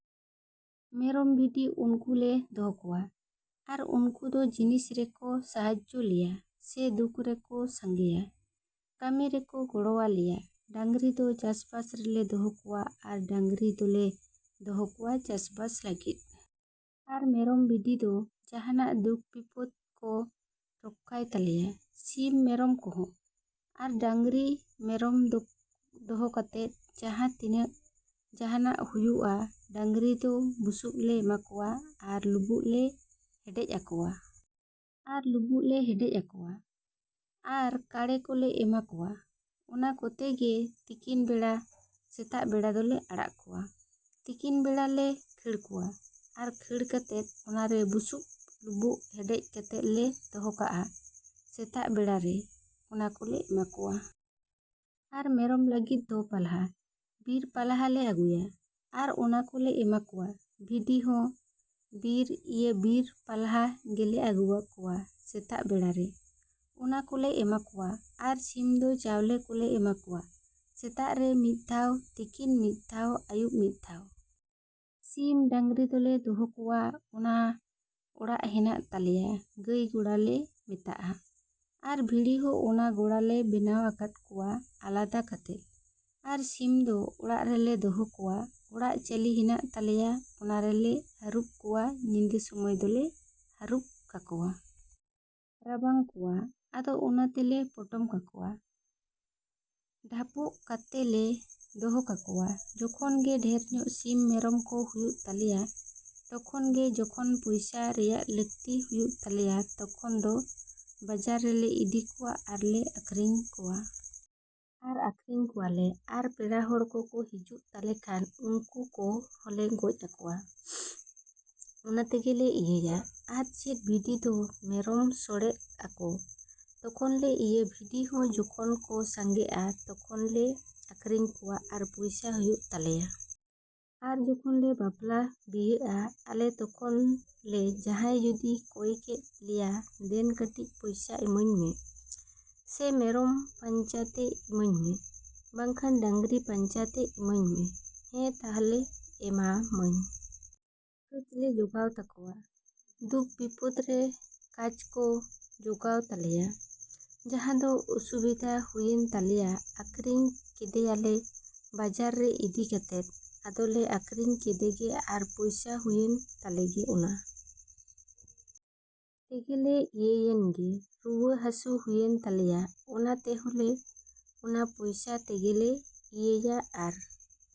ᱢᱮᱨᱚᱢ, ᱵᱷᱤᱰᱤ ᱩᱱᱠᱩ ᱞᱮ ᱫᱚᱦᱚ ᱠᱚᱣᱟ᱾ ᱟᱨ ᱩᱱᱠᱩ ᱫᱚ ᱡᱤᱱᱤᱥ ᱨᱮᱠᱚ ᱥᱟᱦᱟᱡᱡᱳ ᱞᱮᱭᱟ ᱥᱮ ᱫᱩᱠ ᱨᱮᱠᱚ ᱥᱟᱸᱜᱮᱭᱟ, ᱠᱟᱹᱢᱤ ᱨᱮᱠᱚ ᱜᱚᱲᱚᱣᱟᱞᱮᱭᱟ᱾ ᱰᱟᱝᱨᱤ ᱫᱚ ᱪᱟᱥᱵᱟᱥ ᱨᱮᱞᱮ ᱫᱚᱦᱚ ᱠᱚᱣᱟ᱾ ᱟᱨ ᱰᱟᱝᱨᱤ ᱫᱚᱞᱮ ᱫᱚᱦᱚ ᱠᱚᱣᱟ ᱪᱟᱥᱵᱟᱥ ᱞᱟᱹᱜᱤᱫ᱾ ᱟᱨ ᱢᱮᱨᱚᱢ, ᱵᱷᱤᱰᱤ ᱫᱚ ᱡᱟᱸᱦᱟᱱᱟᱜ ᱫᱩᱠ ᱵᱤᱯᱚᱫ ᱠᱚ ᱨᱚᱠᱠᱷᱟᱭ ᱛᱟᱞᱮᱭᱟ, ᱥᱤᱢ ᱢᱮᱨᱚᱢ ᱠᱚᱦᱚᱸ᱾ ᱟᱨ ᱰᱟᱝᱨᱤ ᱢᱮᱨᱚᱢ ᱫᱚᱦᱚ ᱠᱟᱛᱮ ᱡᱟᱦᱟᱸ ᱛᱤᱱᱟᱹᱜ ᱡᱟᱸᱦᱟᱱᱟᱜ ᱦᱩᱭᱩᱜᱼᱟ, ᱰᱟᱝᱨᱤ ᱫᱚ ᱵᱩᱥᱩᱵ ᱞᱮ ᱮᱢᱟ ᱠᱚᱣᱟ, ᱟᱨ ᱞᱩᱵᱩᱜ ᱞᱮ ᱦᱮᱰᱮᱡ ᱟᱠᱚᱣᱟ᱾ ᱟᱨ ᱞᱩᱵᱩᱜ ᱞᱮ ᱦᱮᱰᱮᱡ ᱟᱠᱚᱣᱟ᱾ ᱟᱨ ᱠᱟᱲᱮ ᱠᱚᱞᱮ ᱮᱢᱟ ᱠᱚᱣᱟ᱾ ᱚᱱᱟ ᱠᱚᱛᱮ ᱜᱮ ᱛᱤᱠᱤᱱ ᱵᱮᱲᱟ, ᱥᱮᱛᱟᱜ ᱵᱮᱲᱟ ᱫᱚᱞᱮ ᱟᱲᱟᱜ ᱠᱚᱣᱟ, ᱛᱤᱠᱤᱱ ᱵᱮᱲᱟ ᱞᱮ ᱠᱷᱟᱹᱲ ᱠᱚᱣᱟ᱾ ᱟᱨ ᱠᱷᱟᱹᱲ ᱠᱟᱛᱮᱫ ᱚᱱᱟ ᱨᱮ ᱵᱩᱥᱩᱵ, ᱞᱩᱵᱩᱜ ᱦᱮᱰᱮᱡ ᱠᱟᱛᱮ ᱞᱮ ᱫᱚᱦᱚ ᱠᱟᱜᱼᱟ ᱥᱮᱛᱟᱜ ᱵᱮᱲᱟ ᱨᱮ, ᱚᱱᱟ ᱠᱚᱞᱮ ᱮᱢᱟ ᱠᱚᱣᱟ᱾ ᱟᱨ ᱢᱮᱨᱚᱢ ᱞᱟᱹᱜᱤᱫ ᱫᱚ ᱯᱟᱞᱦᱟ, ᱵᱤᱨ ᱯᱟᱞᱦᱟ ᱞᱮ ᱟᱹᱜᱩᱭᱟ᱾ ᱟᱨ ᱚᱱᱟ ᱠᱚᱞᱮ ᱮᱢᱟ ᱠᱚᱣᱟ, ᱵᱷᱤᱰᱤ ᱦᱚᱸ, ᱵᱤᱨ, ᱤᱭᱟᱹ ᱵᱤᱨ ᱯᱟᱞᱦᱟ ᱜᱮᱞᱮ ᱟᱹᱜᱩᱣᱟᱠᱚᱣᱟ ᱥᱮᱛᱟᱜ ᱵᱮᱲᱟ ᱨᱮ, ᱚᱱᱟ ᱠᱚᱞᱮ ᱮᱢᱟ ᱠᱚᱣᱟ᱾ ᱟᱨ ᱥᱤᱢ ᱫᱚ ᱪᱟᱣᱞᱮ ᱠᱚᱞᱮ ᱮᱢᱟ ᱠᱚᱣᱟ, ᱥᱮᱛᱟᱜ ᱨᱮ ᱢᱤᱫ ᱫᱷᱟᱣ, ᱛᱤᱠᱤᱱ ᱢᱤᱫ ᱫᱷᱟᱣ, ᱟᱹᱭᱩᱵ ᱢᱤᱫ ᱫᱷᱟᱣ᱾ ᱥᱤᱢ, ᱰᱟᱝᱨᱤ ᱫᱚᱞᱮ ᱫᱚᱦᱚ ᱠᱚᱣᱟ ᱚᱱᱟ ᱚᱲᱟᱜ ᱦᱮᱱᱟᱜ ᱛᱟᱞᱮᱭᱟ, ᱜᱟᱹᱭ ᱜᱚᱲᱟ ᱞᱮ ᱢᱮᱛᱟᱜᱼᱟ᱾ ᱟᱨ ᱵᱷᱤᱲᱤ ᱦᱚᱸ ᱚᱱᱟ ᱜᱚᱲᱟ ᱞᱮ ᱵᱮᱱᱟᱣ ᱟᱠᱟᱫ ᱠᱚᱣᱟ, ᱟᱞᱟᱫᱟ ᱠᱟᱛᱮᱫ᱾ ᱟᱨ ᱥᱤᱢ ᱫᱚ ᱚᱲᱟᱜ ᱨᱮᱞᱮ ᱫᱚᱦᱚ ᱠᱚᱣᱟ᱾ ᱚᱲᱟᱜ ᱪᱟᱹᱞᱤ ᱦᱮᱱᱟᱜ ᱛᱟᱞᱮᱭᱟ, ᱚᱱᱟ ᱨᱮᱞᱮ ᱦᱟᱹᱨᱩᱯ ᱠᱚᱣᱟ, ᱧᱤᱫᱟᱹ ᱥᱚᱢᱚᱭ ᱫᱚᱞᱮ ᱦᱟᱹᱨᱩᱯ ᱠᱟᱠᱚᱣᱟ᱾ ᱨᱟᱵᱟᱝ ᱠᱚᱣᱟ, ᱟᱫᱚ ᱚᱱᱟ ᱛᱮᱞᱮ ᱯᱚᱴᱚᱢ ᱠᱟᱠᱚᱣᱟ᱾ ᱰᱷᱟᱯᱚᱜ ᱠᱟᱛᱮᱞᱮ ᱫᱚᱦᱚ ᱠᱟᱠᱚᱣᱟ᱾ ᱡᱚᱠᱷᱚᱱ ᱜᱮ ᱰᱷᱮᱨ ᱧᱚᱜ ᱥᱤᱢ, ᱢᱮᱨᱚᱢ ᱠᱚ ᱦᱩᱭᱩᱜ ᱛᱟᱞᱮᱭᱟ᱾ ᱛᱚᱠᱷᱚᱱ ᱜᱮ, ᱡᱚᱠᱷᱚᱱ ᱯᱚᱭᱥᱟ ᱨᱮᱭᱟᱜ ᱞᱟᱹᱠᱛᱤ ᱦᱩᱭᱩᱜ ᱛᱟᱞᱮᱭᱟ, ᱛᱚᱠᱷᱚᱱ ᱫᱚ ᱵᱟᱡᱟᱨ ᱨᱮᱞᱮ ᱤᱫᱤ ᱠᱚᱣᱟ, ᱟᱨ ᱞᱮ ᱟᱹᱠᱷᱨᱤᱧ ᱠᱚᱣᱟ᱾ ᱟᱨ ᱟᱠᱷᱨᱤᱧ ᱠᱚᱣᱟ ᱞᱮ ᱟᱨ ᱯᱮᱲᱟ ᱦᱚᱲ ᱠᱚᱠᱚ ᱦᱤᱡᱩᱜ ᱛᱟᱞᱮ ᱠᱷᱟᱱ ᱩᱱᱠᱩ ᱠᱚ ᱦᱚᱸᱞᱮ ᱜᱚᱡ ᱟᱠᱚᱣᱟ᱾ ᱚᱱᱟ ᱛᱮᱜᱮᱞᱮ ᱤᱭᱟᱹᱭᱟ᱾ ᱟᱨ ᱪᱮᱫ ᱵᱷᱤᱰᱤ ᱫᱚ ᱢᱮᱨᱚᱢ ᱥᱚᱲᱮᱜ ᱟᱠᱚ, ᱛᱚᱠᱷᱚᱱ ᱞᱮ ᱤᱭᱟᱹ ᱵᱷᱤᱰᱤ ᱦᱚᱸ ᱡᱚᱠᱷᱚᱱ ᱠᱚ ᱥᱟᱸᱜᱮᱜᱼᱟ ᱛᱚᱠᱷᱚᱱ ᱞᱮ ᱟᱠᱷᱨᱤᱧ ᱠᱚᱣᱟ, ᱟᱨ ᱯᱚᱭᱥᱟ ᱦᱩᱭᱩᱜ ᱛᱟᱞᱮᱭᱟ᱾ ᱟᱨ ᱡᱚᱠᱷᱚᱱ ᱞᱮ ᱵᱟᱯᱞᱟ ᱵᱤᱦᱟᱹᱜᱼᱟ ᱟᱞᱮ ᱛᱚᱠᱷᱚᱱ ᱞᱮ ᱡᱟᱦᱟᱸᱭ ᱡᱩᱫᱤᱭ ᱠᱚᱭ ᱠᱮᱫ ᱞᱮᱭᱟ ᱫᱮᱱ ᱠᱟᱹᱴᱤᱡ ᱯᱚᱭᱥᱟ ᱤᱢᱟᱹᱧ ᱢᱮ᱾ ᱥᱮ ᱢᱮᱨᱚᱢ ᱯᱟᱧᱪᱟ ᱛᱮ ᱤᱢᱟᱹᱧ ᱢᱮ᱾ ᱵᱟᱝᱠᱷᱟᱱ ᱰᱟᱝᱨᱤ ᱯᱟᱧᱪᱟ ᱛᱮ ᱤᱢᱟᱹᱧ ᱢᱮ᱾ ᱦᱮᱸ ᱛᱟᱦᱞᱮ ᱮᱢᱟᱢᱟᱹᱧ᱾ ᱠᱟᱡ ᱞᱮ ᱡᱚᱜᱟᱣ ᱛᱟᱠᱚᱣᱟ᱾ ᱫᱩᱠ ᱵᱤᱯᱚᱫ ᱨᱮ ᱠᱟᱡ ᱠᱚ ᱡᱚᱜᱟᱣ ᱛᱟᱞᱮᱭᱟ, ᱡᱟᱦᱟᱸ ᱫᱚ ᱚᱥᱩᱵᱤᱫᱷᱟ ᱦᱩᱭᱮᱱ ᱛᱟᱞᱮᱭᱟ, ᱟᱠᱷᱨᱤᱧ ᱠᱮᱫᱮᱭᱟᱞᱮ ᱵᱟᱡᱟᱨ ᱨᱮ ᱤᱫᱤ ᱠᱟᱛᱮᱫ᱾ ᱟᱫᱚ ᱞᱮ ᱟᱠᱷᱨᱤᱧ ᱠᱮᱫᱮ ᱜᱮ ᱟᱨ ᱯᱚᱭᱥᱟ ᱦᱩᱭᱮᱱ ᱛᱟᱞᱮ ᱜᱮ, ᱚᱱᱟ ᱛᱮᱜᱮ ᱞᱮ ᱤᱭᱟᱹᱭᱮᱱ ᱜᱮ, ᱨᱩᱣᱟᱹ ᱦᱟᱥᱩ ᱦᱩᱭᱩᱜ ᱛᱟᱞᱮᱭᱟ, ᱚᱱᱟ ᱛᱮᱦᱚᱸ ᱞᱮ, ᱚᱱᱟ ᱯᱚᱭᱥᱟ ᱛᱮᱜᱮ ᱞᱮ ᱤᱭᱟᱹᱭᱟ ᱟᱨ